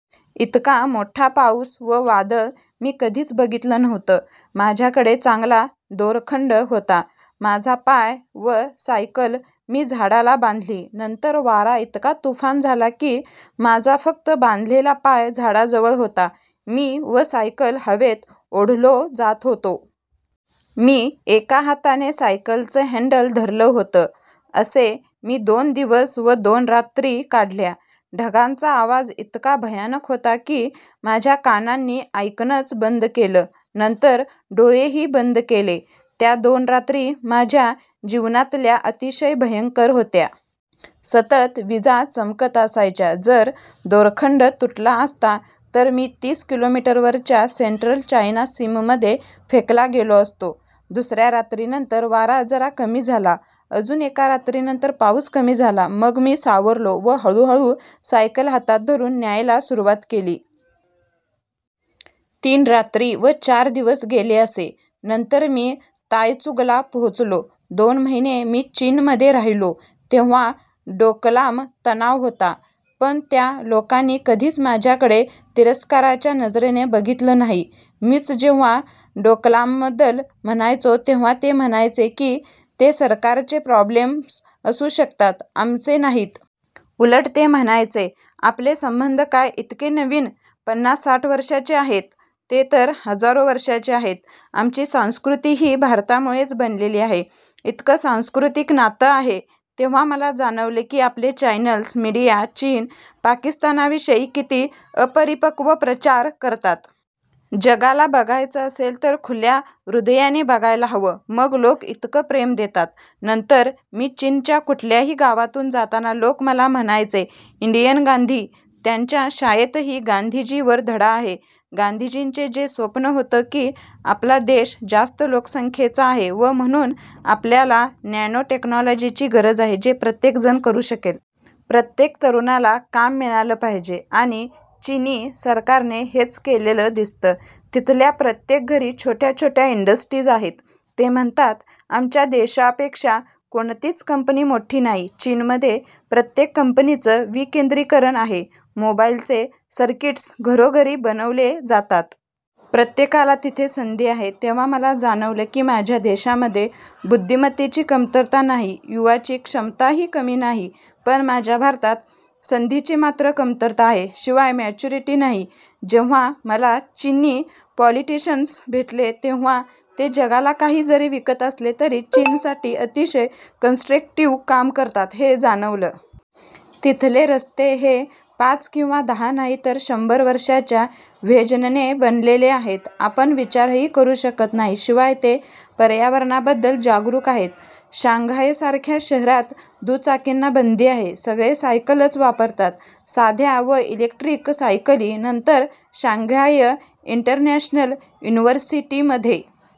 इतका मोठा पाऊस व वादळ मी कधीच बघितलं नव्हतं. माझ्याकडे चांगला दोरखंड होता. माझा पाय व सायकल मी झाडाला बांधली. नंतर वारा इतका तुफान झाला की, माझा फक्त बांधलेला पाय झाडाजवळ होता. मी व सायकल हवेत ओढलो जात होतो. मी एका हाताने सायकलचं हँडल धरलं होतं. असे मी दोन दिवस व दोन रात्री काढल्या. ढगांचा आवाज इतका भयानक होता की, माझ्या कानांनी ऐकणंच बंद केलं. नंतर डोळेही बंद केले. त्या दोन रात्री माझ्या जीवनातल्या अतिशय भयंकर होत्या. सतत वीजा चमकत असायच्या. जर दोरखंड तुटला असता तर मी तीस किलोमीटरवरच्या सेंट्रल चायना सीमध्ये फेकला गेलो असतो. दुसऱ्या रात्रीनंतर वारा जरा कमी झाला. अजून एका रात्रीनंतर पाऊस कमी झाला. मग मी सावरलो व हळूहळू सायकल हातात धरून न्यायला सुरुवात केली. तीन रात्री व चार दिवस गेले असे. नंतर मी तायचुंगला पोहोचलो. दोन महिने मी चीनमध्ये राहिलो. तेव्हा डोकलाम तणाव होता. पण त्या लोकांनी कधीच माझ्याकडे तिरस्काराच्या नजरेने बघितलं नाही. मीच जेव्हा डोकलामबद्दल म्हणायचो, तेव्हा ते म्हणायचे की ते सरकारचे प्रॉब्लेम्स असू शकतात, आमचे नाहीत. उलट ते म्हणायचे, आपले संबंध काय इतके नवीन, पन्नास साठ वर्षांचे आहेत? ते तर हजारो वर्षांचे आहेत. आमची संस्कृतीही भारतामुळेच बनलेली आहे. इतकं सांस्कृतिक नातं आहे. तेव्हा मला जाणवलं की, आपले चॅनल्स, मीडिया चीन, पाकिस्तानविषयी किती अपरिपक्व प्रचार करतात. जगाला बघायचं असेल तर खुल्या हृदयाने बघायला हवं, मग लोक इतकं प्रेम देतात. नंतर मी चीनच्या कुठल्याही गावातून जाताना लोक मला म्हणायचे, इंडियन, गांधी? त्यांच्या शाळेतही गांधीजींवर धडा आहे. गांधीजींचं जे स्वप्न होतं की, आपला देश जास्त लोकसंख्येचा आहे व म्हणून आपल्याला नॅनो टेक्नॉलॉजीची गरज आहे जे प्रत्येक जण करू शकेल. प्रत्येक तरुणाला काम मिळालं पाहिजे. आणि चिनी सरकारने हेच केलेलं दिसतं. तिथल्या प्रत्येक घरी छोट्या छोट्या इंडस्ट्रीज आहेत. ते म्हणतात आमच्या देशापेक्षा कोणतीच कंपनी मोठी नाही. चीनमध्ये प्रत्येक कंपनीचं विकेंद्रीकरण आहे. मोबाईलचे सर्किट्स घरोघरी बनवले जातात. प्रत्येकाला तिथे संधी आहे. तेव्हा मला जाणवलं की, माझ्या देशामध्ये बुद्धिमत्तेची कमतरता नाहीय, युवांची क्षमताही कमी नाहीय. पण माझ्या भारतात संधींची मात्र कमतरता आहे. शिवाय मॅच्युरिटी नाहीय. जेव्हा मला चिनी पॉलिटिशिअन्स भेटले, तेव्हा ते जगाला काही जरी विकत असले तरी चीनसाठी अतिशय कन्स्ट्रक्टिव्ह काम करतात, हे जाणवलं. तिथले रस्ते हे पाच किंवा दहा नाही तर शंभर वर्षांच्या व्हिजनने बनलेले आहेत. आपण विचारही करू शकत नाही. शिवाय ते पर्यावरणाबद्दल जागरूक आहेत. शांघायसारख्या शहरात दुचाकींना बंदी आहे. सगळे सायकलच वापरतात. साध्या व इलेक्ट्रिक सायकली. नंतर शांघाय इंटरनॅशनल युनिव्हर्सिटीमध्ये